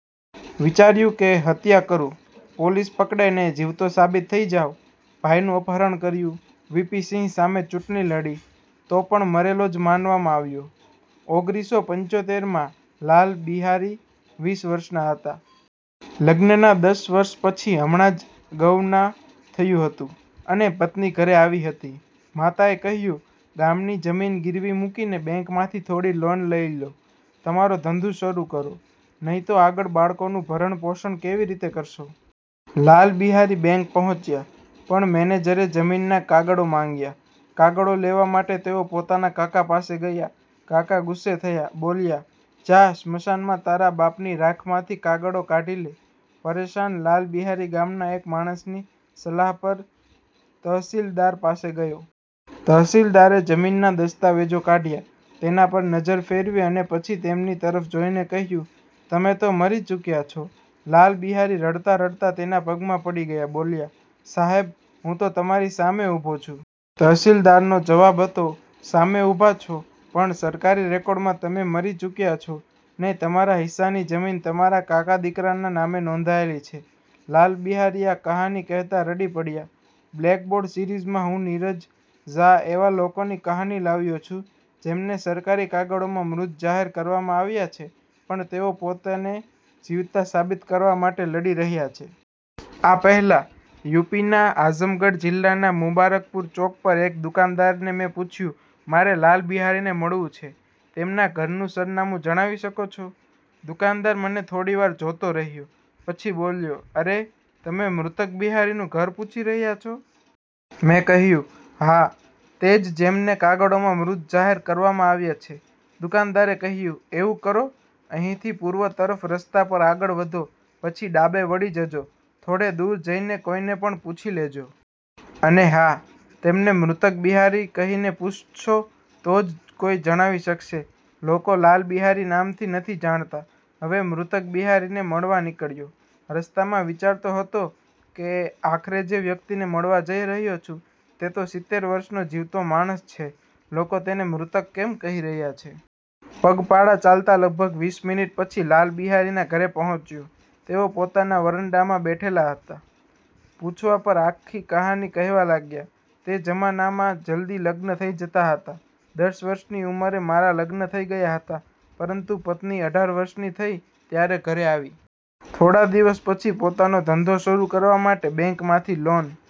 વિચાર્યું કે હત્યા કરું, પોલીસ પકડે અને જીવતો સાબિત થઈ જાઉં. ભાઈનું અપહરણ કર્યું, વીપી સિંહ સામે ચૂંટણી લડી, તો પણ મરેલો જ માનવામાં આવ્યો. ઓગરીસો પંચોતેર માં, લાલ બિહારી વીસ વર્ષના હતા. લગ્નના દસ વર્ષ પછી હમણાં જ ગવના થયું હતું, અને પત્ની ઘરે આવી હતી. માતાએ કહ્યું, "ગામની જમીન ગીરવે મૂકીને બેંકમાંથી થોડી લોન લઈ લો. તમારો ધંધો શરૂ કરો, નહીં તો આગળ બાળકોનું ભરણપોષણ કેવી રીતે કરશો?" લાલ બિહારી બેંક પહોંચ્યા, પણ મેનેજરે જમીનના કાગળો માંગ્યા. કાગળો લેવા માટે તેઓ પોતાના કાકા પાસે ગયા. કાકા ગુસ્સે થયા. બોલ્યા, "જા, સ્મશાનમાં તારા બાપની રાખમાંથી કાગળો કાઢી લે." પરેશાન લાલ બિહારી ગામના એક માણસની સલાહ પર તહસીલદાર પાસે ગયો. તહસીલદારે જમીનના દસ્તાવેજો કાઢ્યા, તેના પર નજર ફેરવી અને પછી તેમની તરફ જોઈને કહ્યું,"તમે તો મરી ચૂક્યા છો!" લાલ બિહારી રડતા-રડતા તેના પગમાં પડી ગયા, બોલ્યા, "સાહેબ, હું તો તમારી સામે ઊભો છું." તહસીલદારનો જવાબ હતો, "સામે ઊભા છો, પણ સરકારી રેકોર્ડમાં તમે મરી ચૂક્યા છો, અને તમારા હિસ્સાની જમીન તમારા કાકાના દીકરાના નામે નોંધાયેલી છે." લાલ બિહારી આ કહાની કહેતા રડી પડ્યા. "બ્લેકબોર્ડ સિરીઝમાં હું નીરજ ઝા એવા લોકોની કહાની લાવ્યો છું, જેમને સરકારી કાગળોમાં મૃત જાહેર કરવામાં આવ્યા છે, પણ તેઓ પોતાને જીવતા સાબિત કરવા માટે લડી રહ્યા છે." આ પહેલાં, યુપીના આઝમગઢ જિલ્લાના મુબારકપુર ચોક પર એક દુકાનદારને મેં પૂછ્યું, "મારે લાલ બિહારીને મળવું છે, તેમના ઘરનું સરનામું જણાવી શકો છો?" દુકાનદાર મને થોડીવાર જોતો રહ્યો, પછી બોલ્યો, "અરે! તમે 'મૃતક બિહારી' નું ઘર પૂછી રહ્યા છો?" મેં કહ્યું, "હા, તે જ જેમને કાગળોમાં મૃત જાહેર કરવામાં આવ્યા છે." દુકાનદારે કહ્યું,"એવું કરો, અહીંથી પૂર્વ તરફ રસ્તા પર આગળ વધો, પછી ડાબે વળી જજો. થોડે દૂર જઈને કોઈને પણ પૂછી લેજો. અને હા, તેમને 'મૃતક બિહારી' કહીને પૂછશો તો જ કોઈ જણાવી શકશે. લોકો 'લાલ બિહારી' નામથી નથી જાણતા." હવે 'મૃતક બિહારી' ને મળવા નીકળ્યો. રસ્તામાં વિચારતો હતો કે "આખરે જે વ્યક્તિને મળવા જઈ રહ્યો છું, તે તો સીતેર વર્ષનો જીવતો માણસ છે, લોકો તેને 'મૃતક' કેમ કહી રહ્યા છે?" પગપાળા ચાલતા લગભગ વીસ મિનિટ પછી લાલ બિહારીના ઘરે પહોંચ્યો. તેઓ પોતાના વરંડામાં બેઠેલા મળ્યા. પૂછવા પર આખી કહાની કહેવા લાગ્યા, "તે જમાનામાં જલ્દી લગ્ન થઈ જતા હતા. દસ વર્ષની ઉંમરે મારા લગ્ન થઈ ગયા હતા, પરંતુ પત્ની અઢાર વર્ષની થઈ, ત્યારે ઘરે આવી. થોડા દિવસ પછી પોતાનો ધંધો શરૂ કરવા માટે બેંકમાંથી લોન